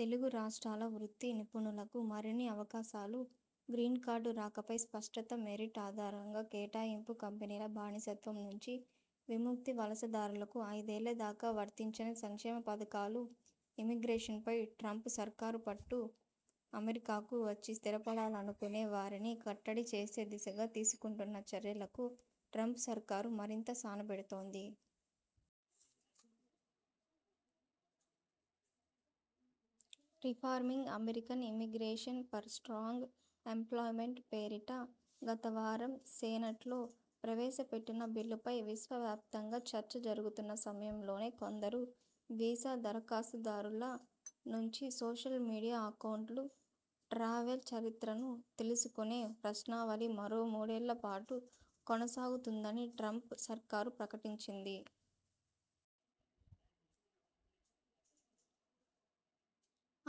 తెలుగు రాష్ట్రాల వృత్తి నిపుణులకు మరిన్ని అవకాశాలు గ్రీన్కార్డు రాకపై స్పష్టత మెరిట్ ఆధారంగా కేటాయింపు కంపెనీల బానిసత్వం నుంచి విముక్తి వలసదారులకు ఐదేళ్ల దాకా వర్తించని సంక్షేమ పథకాలు ఇమిగ్రేషన్పై ట్రంప్ సర్కారు పట్టు అమెరికాకు వచ్చి స్థిరపడాలనుకొనే వారిని కట్టడి చేసే దిశగా తీసుకుంటున్న చర్యలకు ట్రంప్ సర్కారు మరింత సాన పెడుతోంది. Reforming American immigration for strong employment పేరిట గత వారం సెనేట్లో ప్రవేశపెట్టిన బిల్లుపై విశ్వవ్యాప్తంగా చర్చ జరుగుతున్న సమయంలోనే కొందరు వీసా దరఖాస్తుదారుల నుంచి సోషల్ మీడియా అకౌంట్లు, ట్రావెల్ చరిత్రను తెలుసుకొనే ప్రశ్నావళి మరో మూడేళ్ల పాటు కొనసాగుతుందని ట్రంప్ సర్కారు ప్రకటించింది.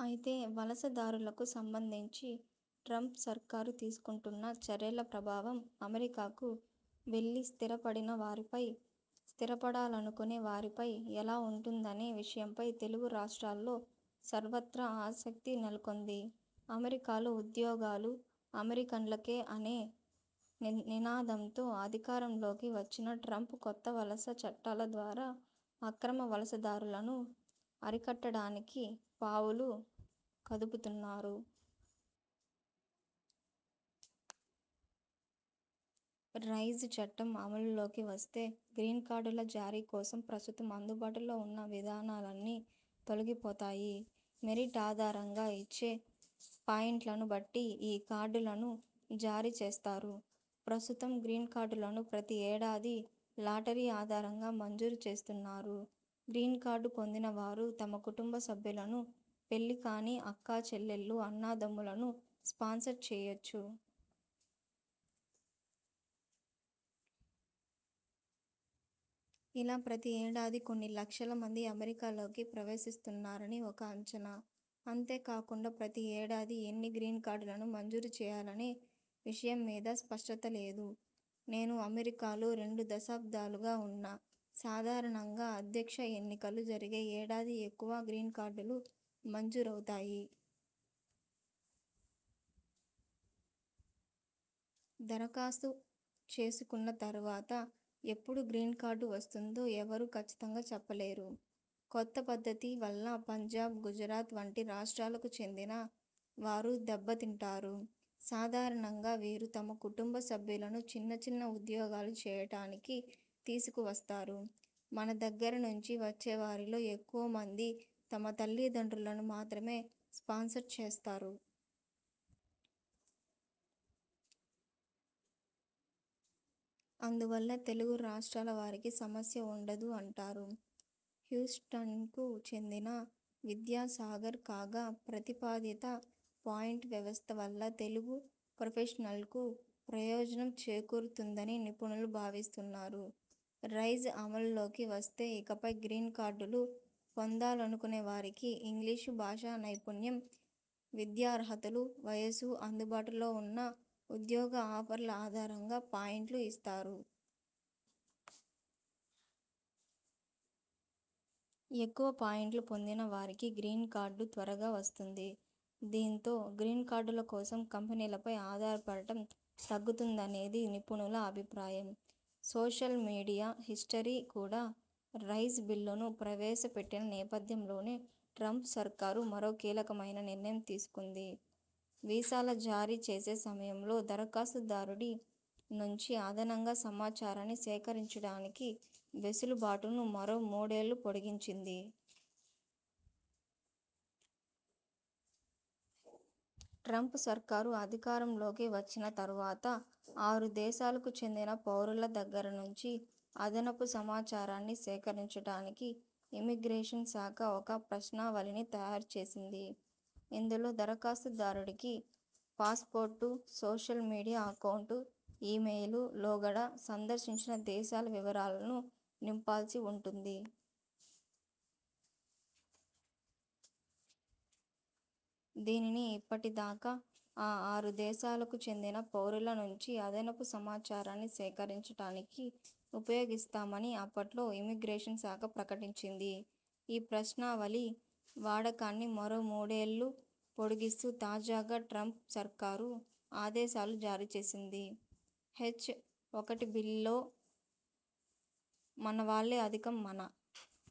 అయితే, వలస దారులకు సంబంధించి ట్రంప్ సర్కారు తీసుకుంటున్న చర్యల ప్రభావం అమెరికాకు వెళ్లి స్థిర పడిన వారిపై, స్థిరపడాలనుకొనే వారిపై ఎలా ఉంటుందనే విషయంపై తెలుగు రాష్ట్రాల్లో సర్వత్రా ఆసక్తి నెలకొంది. అమెరికాలో ఉద్యోగాలు అమెరికన్లకే అనే నినాదంతో అధికారంలోకి వచ్చిన ట్రంప్ కొత్త వలస చట్టాల ద్వారా అక్రమ వలసదారులను అరికట్టడానికి పావులు కదుపుతున్నారు. రైజ్ చట్టం అమలులోకి వస్తే గ్రీన్కార్డుల జారీ కోసం ప్రస్తుతం అందుబాటులో ఉన్న విధానాలన్నీ తొలగిపోతాయి. మెరిట్ ఆధారంగా ఇచ్చే పాయింట్లను బట్టి ఈ కార్డులను జారీ చేస్తారు. ప్రస్తుతం గ్రీన్కార్డులను ప్రతి ఏడాది లాటరీ ఆధారంగా మంజూరు చేస్తున్నారు. గ్రీన్కార్డు పొందిన వారు తమ కుటుంబ సభ్యులను, పెళ్లి కాని అక్కా చెల్లెళ్లు, అన్నదమ్ములను స్పాన్సర్ చేయొచ్చు. ఇలా ప్రతి ఏడాది కొన్ని లక్షల మంది అమెరికాలోకి ప్రవేశిస్తున్నారని ఒక అంచనా. అంతే కాకుండా ప్రతి ఏడాది ఎన్ని గ్రీన్కార్డులను మంజూరు చేయాలనే విషయమ్మీద స్పష్టత లేదు. నేను అమెరికాలో రెండు దశాబ్దాలుగా ఉన్నా. సాధారణంగా అధ్యక్ష ఎన్నికలు జరిగే ఏడాది ఎక్కువ గ్రీన్కార్డులు మంజూరవుతాయి. దరఖాస్తు చేసుకున్న తర్వాత ఎప్పుడు గ్రీన్కార్డు వస్తుందో ఎవరూ కచ్చితంగా చెప్పలేరు. కొత్త పద్ధతి వల్ల పంజాబ్, గుజరాత్ వంటి రాష్ట్రాలకు చెందిన వారు దెబ్బతింటారు. సాధారణంగా వీరు తమ కుటుంబ సభ్యులను చిన్నచిన్న ఉద్యోగాలు చేయటానికి తీసుకు వస్తారు. మన దగ్గర నుంచి వచ్చే వారిలో ఎక్కువ మంది తమ తల్లి దండ్రులను మాత్రమే స్పాన్సర్ చేస్తారు. అందు వల్ల తెలుగు రాష్ట్రాల వారికి సమస్య ఉండదు అంటారు హ్యూస్టన్కు చెందిన విద్యాసాగర్. కాగా, ప్రతిపాదిత పాయింట్ వ్యవస్థ వల్ల తెలుగు ప్రొఫెషనల్కు ప్రయోజనం చేకూరుతుందని నిపుణులు భావిస్తున్నారు. రైజ్ అమలు లోకి వస్తే ఇకపై గ్రీన్కార్డులు పొందాలనుకొనేవారికి ఇంగ్లిషు భాషానైపుణ్యం, విద్యార్హతలు, వయస్సు, అందుబాటులో ఉన్న ఉద్యోగ ఆఫర్ల ఆధారంగా పాయింట్లు ఇస్తారు. ఎక్కువ పాయింట్లు పొందిన వారికి గ్రీన్కార్డు త్వరగా వస్తుంది. దీంతో గ్రీన్కార్డుల కోసం కంపెనీలపై ఆధారపడటం తగ్గుతుందనేది నిపుణుల అభిప్రాయం. సోషల్ మీడియా హిస్టరీ కూడా, రైజ్ బిల్లును ప్రవేశ పెట్టిన నేపథ్యంలోనే ట్రంప్ సర్కారు మరో కీలకమైన నిర్ణయం తీసుకుంది. వీసాల జారీ చేసే సమయంలో దరఖాస్తు దారుడి నుంచి అదనంగా సమాచారాన్ని సేకరించడానికి వెసులు బాటును మరో మూడేళ్లు పొడిగించింది. ట్రంప్ సర్కారు అధికారం లోకి వచ్చిన తర్వాత ఆరు దేశాలకు చెందిన పౌరుల దగ్గర నుంచి అదనపు సమాచారాన్ని సేకరించటానికి ఇమిగ్రేషన్ శాఖ ఒక ప్రశ్నావళిని తయారు చేసింది. ఇందులో దరఖాస్తు దారుడికి passport, social media account, email, లోగడ సందర్శించిన దేశాల వివరాలను నింపాల్సి ఉంటుంది. దీనిని ఇప్పటి దాకా ఆ ఆరు దేశాలకు చెందిన పౌరుల నుంచి అదనపు సమాచారాన్ని సేకరించటానికి ఉపయోగిస్తామని అప్పట్లో ఇమిగ్రేషన్ శాఖ ప్రకటించింది. ఈ ప్రశ్నావళి వాడకాన్ని మరో మూడేళ్లు పొడిగిస్తూ తాజాగా ట్రంప్ సర్కారు ఆదేశాలు జారీ చేసింది. హెచ్ఒకటిబీల్లో మనవాళ్లే అధికం మన